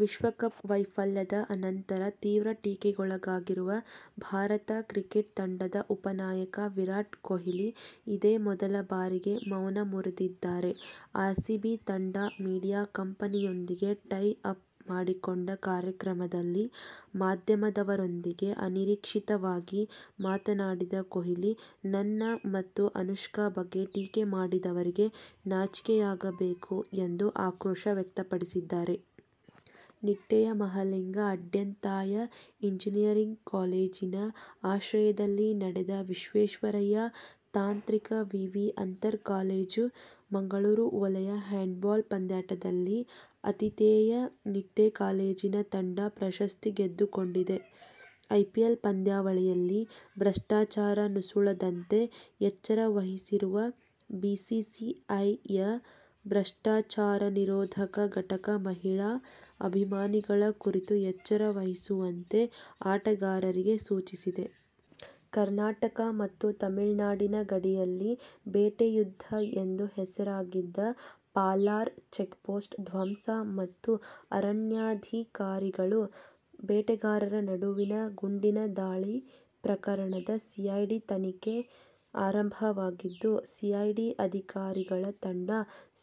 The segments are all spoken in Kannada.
ವಿಶ್ವಕಪ್ ವೈಫಲ್ಯದ ಅನಂತರ ತೀವ್ರ ಟೀಕೆಗೊಳಗಾಗಿರುವ ಭಾರತ ಕ್ರಿಕೆಟ್ ತಂಡದ ಉಪನಾಯಕ ವಿರಾಟ್ ಕೊಹ್ಲಿ ಇದೇ ಮೊದಲ ಬಾರಿಗೆ ಮೌನ ಮುರಿದಿದ್ದಾರೆ. ಆರ್ಸಿಬಿ ತಂಡ ಮೀಡಿಯಾ ಕಂಪನಿಯೊಂದಿಗೆ ಟೈ ಅಪ್ ಮಾಡಿಕೊಂಡ ಕಾರ್ಯಕ್ರಮದಲ್ಲಿ ಮಾಧ್ಯಮದವರೊಂದಿಗೆ ಅನಿರೀಕ್ಷಿತವಾಗಿ ಮಾತನಾಡಿದ ಕೊಹ್ಲಿ, ನನ್ನ ಮತ್ತು ಅನುಷ್ಕಾ ಬಗ್ಗೆ ಟೀಕೆ ಮಾಡಿದವರಿಗೆ ನಾಚಿಕೆಯಾಗಬೇಕು ಎಂದು ಆಕ್ರೋಶ ವ್ಯಕ್ತಪಡಿಸಿದ್ದಾರೆ. ನಿಟ್ಟೆಯ ಮಹಾಲಿಂಗ ಅಡ್ಯಂತಾಯ ಎಂಜಿನಿಯರಿಂಗ್ ಕಾಲೇಜಿನ ಆಶ್ರಯದಲ್ಲಿ ನಡೆದ ವಿಶ್ವೇಶ್ವರಯ್ಯ ತಾಂತ್ರಿಕ ವಿವಿ ಅಂತರ್ ಕಾಲೇಜು ಮಂಗಳೂರು ವಲಯ ಹ್ಯಾಂಡ್ ಬಾಲ್ ಪಂದ್ಯಾಟದಲ್ಲಿ ಅತಿಥೇಯ ನಿಟ್ಟೆ ಕಾಲೇಜಿನ ತಂಡ ಪ್ರಶಸ್ತಿ ಗೆದ್ದುಕೊಂಡಿದೆ. ಐಪಿಎಲ್ ಪಂದ್ಯಾವಳಿಯಲ್ಲಿ "ಭ್ರಷ್ಟಾಚಾರ' ನುಸುಳದಂತೆ ಎಚ್ಚರ ವಹಿಸಿರುವ ಬಿಸಿಸಿಐಯ ಭ್ರಷ್ಟಾಚಾರನಿರೋಧಕ ಘಟಕ ಮಹಿಳಾ ಅಭಿಮಾನಿಗಳ ಕುರಿತು ಎಚ್ಚರ ವಹಿಸುವಂತೆ ಆಟಗಾರರಿಗೆ ಸೂಚಿಸಿದೆ. ಕರ್ನಾಟಕ ಮತ್ತು ತಮಿಳುನಾಡಿನ ಗಡಿಯಲ್ಲಿ ಬೇಟೆಯುದ್ದ ಎಂದು ಹೆಸರಾಗಿದ್ದ ಪಾಲಾರ್ ಚೆಕ್ಪೋಸ್ಟ್ ಧ್ವಂಸ ಮತ್ತು ಅರಣ್ಯಾಧಿಕಾರಿಗಳು, ಬೇಟೆಗಾರರ ನಡುವಿನ ಗುಂಡಿನ ದಾಳಿ ಪ್ರಕರಣದ ಸಿಐಡಿ ತನಿಖೆ ಆರಂಭವಾಗಿದ್ದು, ಸಿಐಡಿ ಅಧಿಕಾರಿಗಳ ತಂಡ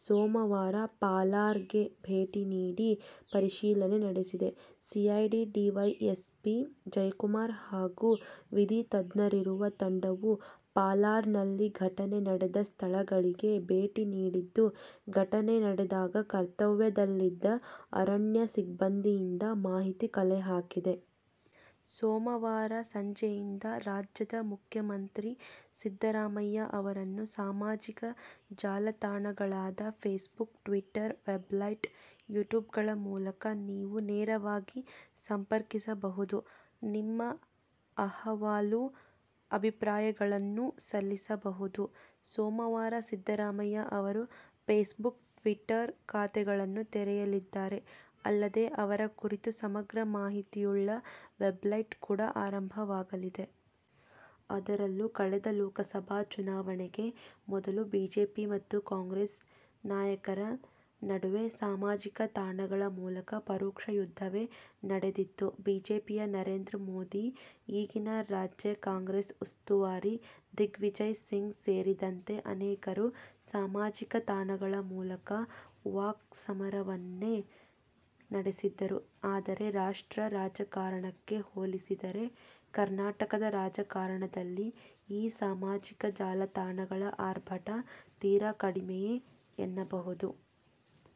ಸೋಮವಾರ ಪಾಲಾರ್ಗೆ ಭೇಟಿ ನೀಡಿ ಪರಿಶೀಲನೆ ನಡೆಸಿದೆ. ಸಿಐಡಿ ಡಿವೈಎಸ್ಪಿ ಜಯಕುಮಾರ್ ಹಾಗೂ ವಿಧಿ ತಜ್ಞರಿರುವ ತಂಡವು ಪಾಲಾರ್ನಲ್ಲಿ ಘಟನೆ ನಡೆದ ಸ್ಥಳಗಳಿಗೆ ಭೇಟಿ ನೀಡಿದ್ದು, ಘಟನೆ ನಡೆದಾಗ ಕರ್ತವ್ಯದಲ್ಲಿದ್ದ ಅರಣ್ಯ ಸಿಬ್ಬಂದಿಯಿಂದ ಮಾಹಿತಿ ಕಲೆ ಹಾಕಿದೆ. ಸೋಮವಾರ ಸಂಜೆಯಿಂದ ರಾಜ್ಯದ ಮುಖ್ಯಮಂತ್ರಿ ಸಿದ್ದರಾಮಯ್ಯ ಅವರನ್ನು ಸಾಮಾಜಿಕ ಜಾಲತಾಣಗಳಾದ ಫೇಸ್ಬುಕ್, ಟ್ವೀಟರ್, ವೆಬ್ಸೈಟ್, ಯುಟ್ಯೂಬ್ಗಳ ಮೂಲಕ ನೀವು ನೇರವಾಗಿ ಸಂಪರ್ಕಿಸಬಹುದು. ನಿಮ್ಮ ಅಹವಾಲು, ಅಭಿಪ್ರಾಯಗಳನ್ನೂ ಸಲ್ಲಿಸಬಹುದು. ಸೋಮವಾರ ಸಿದ್ದರಾಮಯ್ಯ ಅವರು ಫೇಸ್ಬುಕ್, ಟ್ವೀಟರ್ ಖಾತೆಗಳನ್ನು ತೆರೆಯಲಿದ್ದಾರೆ. ಅಲ್ಲದೆ, ಅವರ ಕುರಿತ ಸಮಗ್ರ ಮಾಹಿತಿಯುಳ್ಳ ವೆಬ್ಸೈಟ್ ಕೂಡ ಆರಂಭವಾಗಲಿದೆ. ಅದರಲ್ಲೂ ಕಳೆದ ಲೋಕಸಭಾ ಚುನಾವಣೆಗೆ ಮೊದಲು ಬಿಜೆಪಿ ಮತ್ತು ಕಾಂಗ್ರೆಸ್ ನಾಯಕರ ನಡುವೆ ಸಾಮಾಜಿಕ ತಾಣಗಳ ಮೂಲಕ ಪರೋಕ್ಷ ಯುದ್ಧವೇ ನಡೆದಿತ್ತು. ಬಿಜೆಪಿಯ ನರೇಂದ್ರ ಮೋದಿ, ಈಗಿನ ರಾಜ್ಯ ಕಾಂಗ್ರೆಸ್ ಉಸ್ತುವಾರಿ ದಿಗ್ವಿಜಯ್ ಸಿಂಗ್ ಸೇರಿದಂತೆ ಅನೇಕರು ಸಾಮಾಜಿಕ ತಾಣಗಳ ಮೂಲಕ ವಾಕ್ಸಮರವನ್ನೇ ನಡೆಸಿದ್ದರು. ಆದರೆ, ರಾಷ್ಟ್ರ ರಾಜಕಾರಣಕ್ಕೆ ಹೋಲಿಸಿದರೆ ಕರ್ನಾಟಕದ ರಾಜಕಾರಣದಲ್ಲಿ ಈ ಸಾಮಾಜಿಕ ಜಾಲ ತಾಣಗಳ ಆರ್ಭಟ ತೀರಾ ಕಡಿಮೆಯೇ ಎನ್ನಬಹುದು.